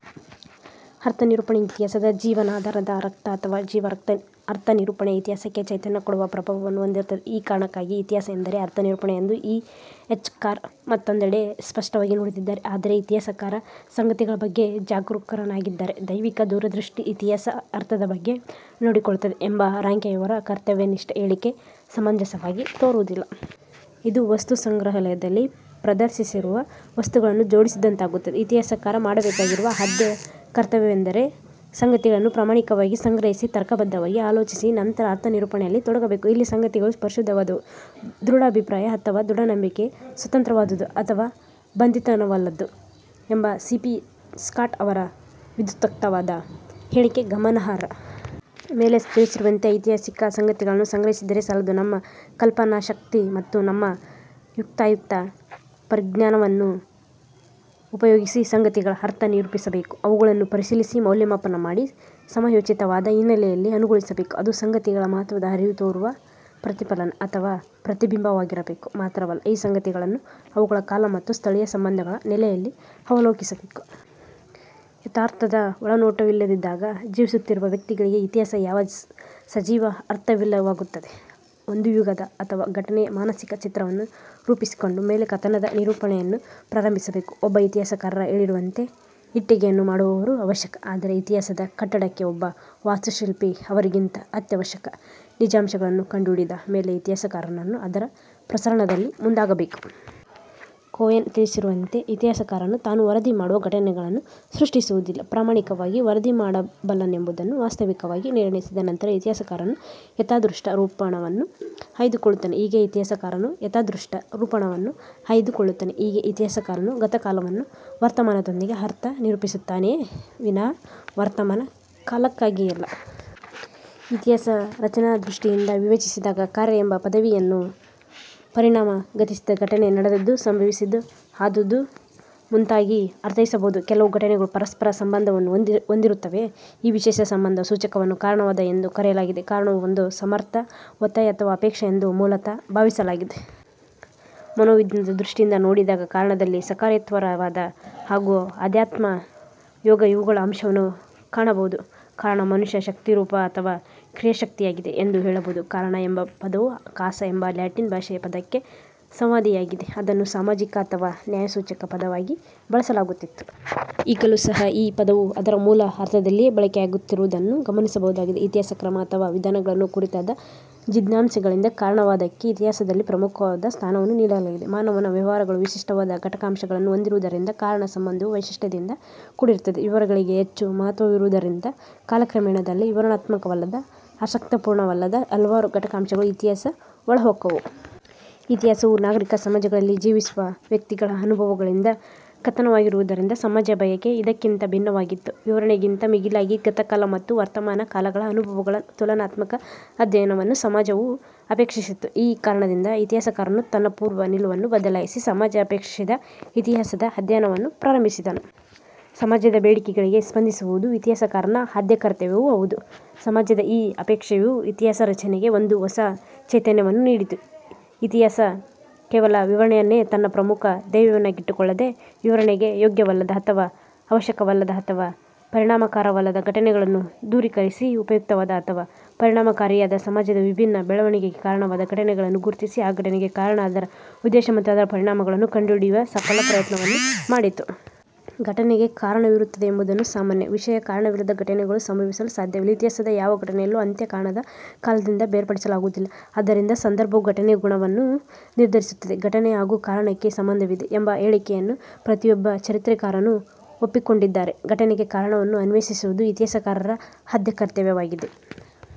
ಅರ್ಥನಿರೂಪಣೆ ಇತಿಹಾಸದ ಜೀವನಾಧಾರವಾದ ರಕ್ತ ಅಥವಾ ಜೀವರಕ್ತ. ಅರ್ಥನಿರೂಪಣೆ ಇತಿಹಾಸಕ್ಕೆ ಚೈತನ್ಯ ಕೊಡುವ ಪ್ರಭಾವವನ್ನು ಹೊಂದಿರುತ್ತದೆ. ಈ ಕಾರಣಕ್ಕಾಗಿ ಇತಿಹಾಸ ಎಂದರೆ ಅರ್ಥನಿರೂಪಣೆ ಎಂದು ಇ. ಎಚ್. ಕಾರ್ ಮತ್ತೊಂದೆಡೆ ಸ್ಪಷ್ಟವಾಗಿ ನುಡಿದಿದ್ದಾರೆ. ಆದರೆ ಇತಿಹಾಸಕಾರ ಸಂಗತಿಗಳಬಗ್ಗೆ ಜಾಗರೂಕನಾಗಿದ್ದರೆ ದೈವಿಕ ದೂರದೃಷ್ಟಿ ಇತಿಹಾಸದ ಅರ್ಥದ ಬಗ್ಗೆ ನೋಡಿಕೊಳ್ಳುತ್ತದೆ ಎಂಬ ರಾಂಕೆಯವರ ಕರ್ತವ್ಯನಿಷ್ಠ ಹೇಳಿಕೆ ಸಮಂಜಸವಾಗಿ ತೋರುವುದಿಲ್ಲ. ಇದು ವಸ್ತುಸಂಗ್ರಹಾಲಯದಲ್ಲಿ ಪ್ರದರ್ಶಿಸಿರುವ ವಸ್ತುಗಳನ್ನು ಜೋಡಿಸದಂತಾಗುತ್ತದೆ. ಇತಿಹಾಸಕಾರ ಮಾಡಬೇಕಾಗಿರುವ ಆದ್ಯ ಕರ್ತವ್ಯವೆಂದರೆ ಸಂಗತಿಗಳನ್ನು ಪ್ರಾಮಾಣಿಕವಾಗಿ ಸಂಗ್ರಹಿಸಿ, ತರ್ಕಬದ್ಧವಾಗಿ ಆಲೋಚಿಸಿ, ನಂತರ ಅರ್ಥನಿರೂಪಣೆಯಲ್ಲಿ ತೊಡಗಬೇಕು. ಇಲ್ಲಿ ಸಂಗತಿಗಳು ಪರಿಶುದ್ಧವಾದವು, ದೃಢಾಭಿಪ್ರಾಯ ಅಥವಾ ದೃಢನಂಬಿಕೆ ಸ್ವತಂತ್ರವಾದುದು ಅಥವಾ ಬಂಧಿತವಲ್ಲದ್ದು ಎಂಬ ಸಿ. ಪಿ. ಸ್ಕಾಟ್ ಅವರ ವಿಧ್ಯುಕ್ತವಾದ ಹೇಳಿಕೆ ಗಮನಾರ್ಹ. ಮೇಲೆ ತಿಳಿಸಿರುವಂತೆ ಐತಿಹಾಸಿಕ ಸಂಗತಿಗಳನ್ನು ಸಂಗ್ರಹಿಸಿದರೆ ಸಾಲದು. ನಮ್ಮ ಕಲ್ಪನಾಶಕತಿ ಮತ್ತು ನಮ್ಮ ಯುಕ್ತಾಯುಕ್ತ ಪರಿಜ್ಞಾನವನ್ನು ಉಪಯೋಗಿಸಿ ಸಂಗತಿಗಳ ಅರ್ಥ ನಿರೂಪಿಸಬೇಕು. ಅವುಗಳನ್ನು ಪರಿಶೀಲಿಸಿ, ಮೌಲ್ಯಮಾಪನ ಮಾಡಿ, ಸಮಯೋಚಿತ ವಾದ ಹಿನ್ನೆಲೆಯಲ್ಲಿ ಅನುಗೊಳಿಸಬೇಕು. ಅದು ಸಂಗತಿಗಳ ಮಹತ್ವದ ಅರಿವು ತೋರುವ ಪ್ರತಿಫಲನ ಅಥವಾ ಪ್ರತಿಬಿಂಬವಾಗಿರಬೇಕು. ಮಾತ್ರವಲ್ಲ, ಈ ಸಂಗತಿಗಳನ್ನು ಅವುಗಳ ಕಾಲ ಮತ್ತು ಸ್ಥಳಗಳ ಸಂಬಂಧಗಳ ನೆಲೆಯಲ್ಲಿ ಅವಲೋಕಿಸಬೇಕು. ಯಥಾರ್ಥದ ಒಳನೋಟವಿಲ್ಲದಿದ್ದಾಗ ಜೀವಿಸುತ್ತಿರುವ ವ್ಯಕ್ತಿಗಳಿಗೆ ಇತಿಹಾಸ ಯಾವ ಸಜೀವ ಅರ್ಥವಿಲ್ಲವಾಗುತ್ತದೆ. ಒಂದು ಯುಗದ ಅಥವಾ ಘಟನೆಯ ಮಾನಸಿಕ ಚಿತ್ರವನ್ನು ರೂಪಿಸಿಕೊಂಡ ಮೇಲೆ ಕಥನದ ನಿರೂಪಣೆಯನ್ನು ಪ್ರಾರಂಭಿಸಬೇಕು. ಒಬ್ಬ ಇತಿಹಾಸಕಾರ ಹೇಳಿರುವಂತೆ ಇಟ್ಟಿಗೆಯನ್ನು ಮಾಡುವವರು ಅವಶ್ಯಕ, ಆದರೆ ಇತಿಹಾಸದ ಕಟ್ಟಡಕ್ಕೆ ಒಬ್ಬ ವಾಸ್ತುಶಿಲ್ಪಿ ಅವರಿಗಿಂತ ಅತ್ಯಾವಶ್ಯಕ. ನಿಜಾಂಶಗಳನ್ನು ಕಂಡುಹಿಡಿದ ಮೇಲೆ ಇತಿಹಾಸಕಾರನು ಅದರ ಪ್ರಸರಣದಲ್ಲಿ ಮುಂದಾಗಬೇಕು. ಕೋಹೆನ್ ತಿಳಿಸಿರುವಂತೆ, ಇತಿಹಾಸಕಾರನು ತಾನು ವರದಿ ಮಾಡುವ ಘಟನೆಗಳನ್ನು ಸೃಷ್ಟಿಸುವುದಿಲ್ಲ. ಪ್ರಾಮಾಣಿಕವಾಗಿ ವರದಿ ಮಾಡಬಲ್ಲನೆಂಬುದನ್ನು ವಾಸ್ತವಿಕವಾಗಿ ನಿರ್ಣಯಿಸಿದ ನಂತರ ಇತಿಹಾಸಕಾರನು ಯಥಾದೃಷ್ಟ ರೂಪಣವನ್ನು ಆಯ್ದುಕೊಳ್ಳುತ್ತಾನೆ. ಹೀಗೆ ಇತಿಹಾಸಕಾರನು ಯಥಾದೃಷ್ಟ ರೂಪಣವನ್ನು ಆಯ್ದು ಕೊಳ್ಳುತ್ತಾನೆ. ಹೀಗೆ ಇತಿಹಾಸಕಾರನು ಗತಕಾಲವನ್ನು ವರ್ತಮಾನದೊಂದಿಗೆ ಅರ್ಥ ನಿರೂಪಿಸುತ್ತಾನೆಯೇ ವಿನಾ ವರ್ತಮಾನ ಕಾಲಕ್ಕಾಗಿಯಲ್ಲ. ಇತಿಹಾಸ ರಚನಾದೃಷ್ಟಿಯಿಂದ ವಿವೇಚಿಸಿದಾಗ ಕಾರ್ಯ ಎಂಬ ಪದವಿಯನ್ನು ಪರಿಣಾಮ, ಗತಿಸಿದ ಘಟನೆ, ನಡೆದದ್ದು, ಸಂಭವಿಸಿದ್ದು, ಆದುದು ಮುಂತಾಗಿ ಆರ್ಥೈಸಬಹುದು. ಕೆಲವು ಘಟನೆಗಳು ಪರಸ್ಪರ ಸಂಬಂಧವನ್ನು ಹೊಂದಿರುತ್ತವೆ. ಈ ವಿಶೇಷ ಸಂಬಂಧ ಸೂಚಕವನ್ನು ಕಾರಣವಾದ ಎಂದು ಕರೆಯಲಾಗಿದೆ. ಕಾರಣವು ಒಂದು ಸಮರ್ಥ ಒತ್ತಾಯ ಅಥವಾ ಅಪೇಕ್ಷೆ ಎಂದು ಮೂಲತಃ ಭಾವಿಸಲಾಗಿದೆ. ಮನೋವಿಜ್ಞಾನದ ದೃಷ್ಟಿಯಿಂದ ನೋಡಿದಾಗ ಕಾರಣದಲ್ಲಿ ಸಕಾರೇತ್ವರತ್ವವಾದ ಹಾಗೂ ಅಧ್ಯಾತ್ಮ ಯೋಗ ಇವುಗಳ ಅಂಶವನ್ನು ಕಾನಬಹುದು. ಕಾರಣ, ಮನುಷ್ಯ ಶಕ್ತಿರೂಪ ಅಥವ ಕ್ರಿಯಾಶಕ್ತಿಯಾಗಿದೆ ಎಂದು ಹೇಳಬಹುದು. "ಕಾರಣ" ಎಂಬ ಪದವು "ಕಾಸ" ಎಂಬ ಲ್ಯಾಟಿನ್ ಭಾಷೆಯ ಪದಕ್ಕೆ ಸಂವಾದಿಯಾಗಿದೆ. ಅದನ್ನು ಸಾಮಾಜಿಕ ಅಥವಾ ನ್ಯಾಯಸೂಚಕ ಪದವಾಗಿ ಬಳಸಲಾಗುತ್ತಿತ್ತು. ಈಗಲೂ ಸಹ ಈ ಪದವು ಅದರ ಮೂಲ ಅರ್ಥದಲ್ಲಿಯೇ ಬಳಕೆಯಾಗುತ್ತಿರುವುದನ್ನು ಗಮನಿಸಬಹುದಾಗಿದೆ. ಇತಿಹಾಸದ ಕ್ರಮ ಅಥವ ವಿಧಾನಗಳನ್ನು ಕುರಿತಾದ ಜಿಜ್ಞಾಸೆಗಳಿಂದ ಕಾರಣವಾದಕ್ಕೆ ಇತಿಹಾಸದಲ್ಲಿ ಪ್ರಮುಖವಾದ ಸ್ಥಾನವನ್ನು ನೀಡಲಾಗಿದೆ. ಮಾನವನ ವ್ಯವಹಾರಗಳು ವಿಶಿಷ್ಟವಾದ ಘಟಕಾಂಶಗಳನ್ನು ಹೊಂದಿರುವುದರಿಂದ ಕಾರಣ ಸಂಬಂಧವೂ ವೈಶಿಷ್ಟ್ಯದಿಂದ ಕೂಡಿರುತ್ತದೆ. ವಿವರಗಳಿಗೆ ಹೆಚ್ಚು ಮಹತ್ವವಿರುವುದರಿಂದ, ಕಾಲ ಕ್ರಮೇಣದಲ್ಲಿ ವಿವರಣಾತ್ಮಕವಲ್ಲದ, ಆಸಕ್ತಪೂರ್ಣವಲ್ಲದ ಹಲವಾರು ಘಟಕಾಂಶಗಳು ಇತಿಹಾಸದ ಒಳಹೊಕ್ಕವು. ಇತಿಹಾಸವು ನಾಗರಿಕ ಸಮಾಜಗಳಲ್ಲಿ ಜೀವಿಸುವ ವ್ಯಕ್ತಿಗಳ ಅನುಭವಗಳಿಂದ ಕಥನವಾಗಿರುವುದರಿಂದ, ಸಮಾಜದ ಬಯಕೆ ಇದಕ್ಕಿಂತ ಭಿನ್ನವಾಗಿತ್ತು. ವಿವರಣೆಗಿಂತ ಮಿಗಿಲಾಗಿ, ಗತಕಾಲ ಮತ್ತು ವರ್ತಮಾನ ಕಾಲಗಳ ಅನುಭವಗಳ ತುಲನಾತ್ಮಕ ಅಧ್ಯಯನವನ್ನು ಸಮಾಜವು ಅಪೇಕ್ಷಿಸಿತು. ಈ ಕಾರಣದಿಂದ ಇತಿಹಾಸಕಾರನು ತನ್ನ ಪೂರ್ವ ನಿಲುವನ್ನು ಬದಲಾಯಿಸಿ ಸಮಾಜ ಅಪೇಕ್ಷಿಸಿದ ಇತಿಹಾಸದ ಅಧ್ಯಯನವನ್ನು ಪ್ರಾರಂಭಿಸಿದನು. ಸಮಾಜದ ಬೇಡಿಕೆಗಳಿಗೆ ಸ್ಪಂದಿಸುವುದು ಇತಿಹಾಸಕಾರನ ಆದ್ಯ ಕರ್ತವ್ಯವೂ ಹೌದು. ಸಮಾಜದ ಈ ಅಪೇಕ್ಷೆಯು ಇತಿಹಾಸ ರಚನೆಗೆ ಒಂದು ಹೊಸ ಚೈತನ್ಯವನ್ನು ನೀಡಿತು. ಇತಿಹಾಸ ಕೇವಲ ವಿವರಣೆಯನ್ನೇ ತನ್ನ ಪ್ರಮುಖ ಧ್ಯೇಯವನ್ನಾಗಿಟ್ಟುಕೊಳ್ಳದೆ, ವಿವರಣೆಗೆ ಯೋಗ್ಯವಲ್ಲದ, ಅಥವ ಅವಶ್ಯಕವಲ್ಲದ ಅಥವ ಪರಿಣಾಮಕಾರವಲ್ಲದ ಘಟನೆಗಳನ್ನು ದೂರೀಕರಿಸಿ, ಉಪಯುಕ್ತವಾದ ಅಥವ ಪರಿಣಾಮಕಾರಿಯಾದ, ಸಮಾಜದ ವಿಭಿನ್ನ ಬೆಳವಣಿಗೆಗೆ ಕಾರಣವಾದ ಘಟನೆಗಳನ್ನು ಗುರುತಿಸಿ, ಆ ಘಟನೆಗೆ ಕಾರಣ, ಅದರ ಉದ್ದೇಶ ಮತ್ತು ಅದರ ಪರಿಣಾಮಗಳನ್ನು ಕಂಡುಹಿಡಿಯುವ ಸಫಲ ಪ್ರಯತ್ನವನ್ನು ಮಾಡಿತು. ಘಟನೆಗೆ ಕಾರಣವಿರುತ್ತದೆಂಬುದು ಸಾಮಾನ್ಯ ವಿಷಯ. ಕಾರಣವಿಲ್ಲದ ಘಟನೆಗಳು ಸಂಭವಿಸಲು ಸಾಧ್ಯವಿಲ್ಲ. ಇತಿಹಾಸದ ಯಾವ ಘಟನೆಯನ್ನೂ ಅಂತ್ಯ ಕಾಣದ ಕಾಲದಿಂದ ಬೇರ್ಪಡಿಸಲಾಗುವುದಿಲ್ಲ. ಆದ್ದರಿಂದ ಸಂದರ್ಭವು ಘಟನೆಯ ಗುಣವನ್ನು ನಿರ್ದರಿಸುತ್ತದೆ. ಘಟನೆ ಹಾಗೂ ಕಾರಣಕ್ಕೆ ಸಂಬಂಧವಿದೆ ಎಂಬ ಹೇಳಿಕೆಯನ್ನು ಪ್ರತಿಯೊಬ್ಬ ಚರಿತ್ರೆಕಾರರೂ ಒಪ್ಪಿಕೊಂಡಿದ್ದಾರೆ. ಘಟನೆಗೆ ಕಾರಣವನ್ನು ಅನ್ವೇಷಿಸುವುದು ಇತಿಹಾಸಕಾರರ ಆದ್ಯ ಕರ್ತವ್ಯವಾಗಿದೆ.